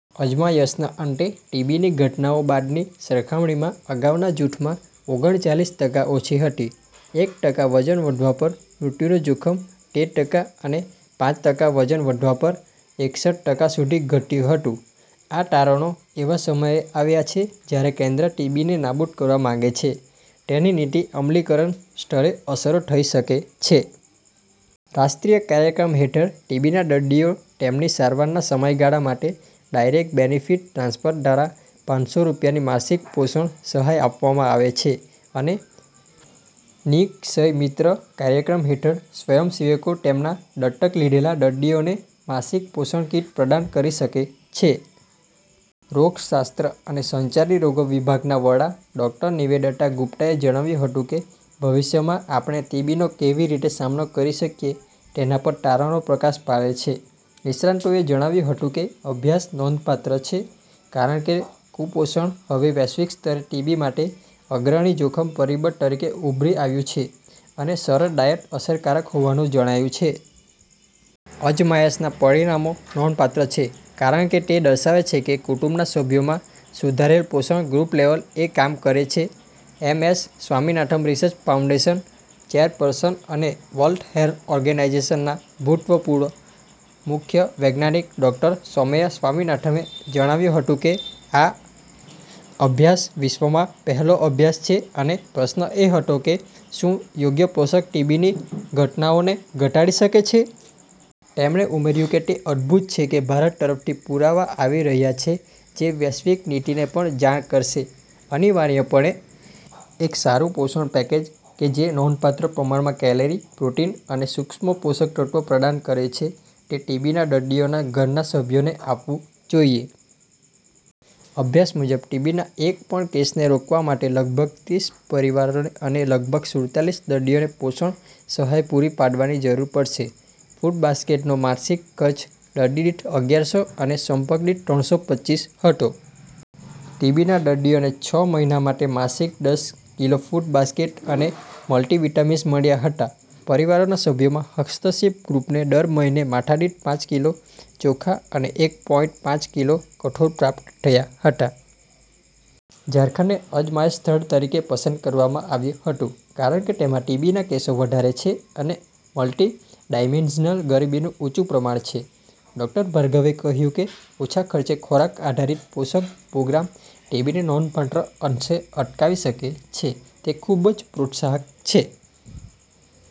અજમાયશના અંતે, ટીબીની ઘટનાઓ બાદની સરખામણીમાં અગાઉના જૂથમાં ઓગણચાલીસ ટકા ઓછી હતી. એક ટકા વજન વધવા પર મૃત્યુનું જોખમ તેર ટકા અને પાંચ ટકા વજન વધવા પર એકસઠ ટકા સુધી ઘટ્યું હતું. આ તારણો, એવા સમયે આવ્યા છે જ્યારે કેન્દ્ર ટીબીને નાબૂદ કરવા માંગે છે, તેની નીતિ અમલીકરણ સ્તરે અસરો થઈ શકે છે. રાષ્ટ્રીય કાર્યક્રમ હેઠળ, ટીબીના દર્દીઓને તેમની સારવારના સમયગાળા માટે ડાયરેક્ટ બેનિફિટ ટ્રાન્સફર દ્વારા પાંચસો રૂપિયાની માસિક પોષણ સહાય આપવામાં આવે છે અને નિ-ક્ષય મિત્ર કાર્યક્રમ હેઠળ, સ્વયંસેવકો તેમના "દત્તક લીધેલા" દર્દીઓને માસિક પોષણ કીટ પ્રદાન કરી શકે છે. રોગશાસ્ત્ર અને સંચારી રોગો વિભાગના વડા, ડોક્ટર નિવેદિતા ગુપ્તાએ જણાવ્યું હતું કે, "ભવિષ્યમાં આપણે ટીબીનો કેવી રીતે સામનો કરી શકીએ તેના પર તારણો પ્રકાશ પાડે છે. નિષ્ણાતોએ જણાવ્યું હતું કે અભ્યાસ નોંધપાત્ર છે કારણ કે કુપોષણ હવે વૈશ્વિક સ્તરે ટીબી માટે અગ્રણી જોખમ પરિબળ તરીકે ઉભરી આવ્યું છે અને સરળ ડાયટ અસરકારક હોવાનું જણાયું છે. "અજમાયશના પરિણામો નોંધપાત્ર છે કારણ કે તે દર્શાવે છે કે કુટુંબના સભ્યોમાં સુધારેલ પોષણ ગ્રુપ લેવલ એ કામ કરે છે." એમએસ સ્વામીનાથન રિસર્ચ ફાઉન્ડેશનના ચેરપર્સન અને વર્લ્ડ હેલ્થ ઓર્ગેનાઈઝેશનના ભૂતપૂર્વ મુખ્ય વૈજ્ઞાનિક ડોક્ટર સૌમ્યા સ્વામીનાથને જણાવ્યું હતું કે, " આ અભ્યાસ વિશ્વમાં પહેલો અભ્યાસ છે અને પ્રશ્ન એ હતો કે શું યોગ્ય પોષક ટીબીની ઘટનાઓને ઘટાડી શકે છે. " તેમણે ઉમેર્યું કે, "તે અદ્ભુત છે કે ભારત તરફથી પુરાવા આવી રહ્યા છે જે વૈશ્વિક નીતિને પણ જાણ કરશે. અનિવાર્યપણે, એક સારું પોષણ પેકેજ કે જે નોંધપાત્ર પ્રમાણમાં કેલરી, પ્રોટીન અને સૂક્ષ્મ પોષકતત્ત્વો પ્રદાન કરે છે તે ટીબીના દર્દીઓના ઘરના સભ્યોને આપવું જોઈએ. અભ્યાસ મુજબ, ટીબીના એક પણ કેસને રોકવા માટે, લગભગ ત્રીસ પરિવારો અને લગભગ સુડતાલીસ દર્દીઓને પોષણ સહાય પૂરી પાડવાની જરૂર પડશે. ફૂડ બાસ્કેટનો માસિક ખર્ચ દર્દી દીઠ અગયારસો અને સંપર્ક દીઠ ત્રણસો પચીસ હતો. ટીબીના દર્દીઓને છ મહિના માટે માસિક દસ કિલો ફૂડ બાસ્કેટ અને મલ્ટીવિટામિન્સ મળ્યા હતા. પરિવારના સભ્યોમાં, હસ્તક્ષેપ ગ્રુપને દર મહિને માથાદીઠ પાંચ કિલો ચોખા અને એક પોઈંટ પાંચ કિલો કઠોળ પ્રાપ્ત થયા હતા. ઝારખંડને અજમાયશ સ્થળ તરીકે પસંદ કરવામાં આવ્યું હતું કારણ કે તેમાં ટીબીના કેસો વધારે છે અને મલ્ટી ડાયમેંશનલ ગરીબીનું ઊંચું પ્રમાણ છે. ડોક્ટર ભાર્ગવે કહ્યું કે, "ઓછા ખર્ચે ખોરાક-આધારિત પોષક પ્રોગ્રામ ટીબીને નોંધપાત્ર અંશે અટકાવી શકે છે તે ખૂબ જ પ્રોત્સાહક છે.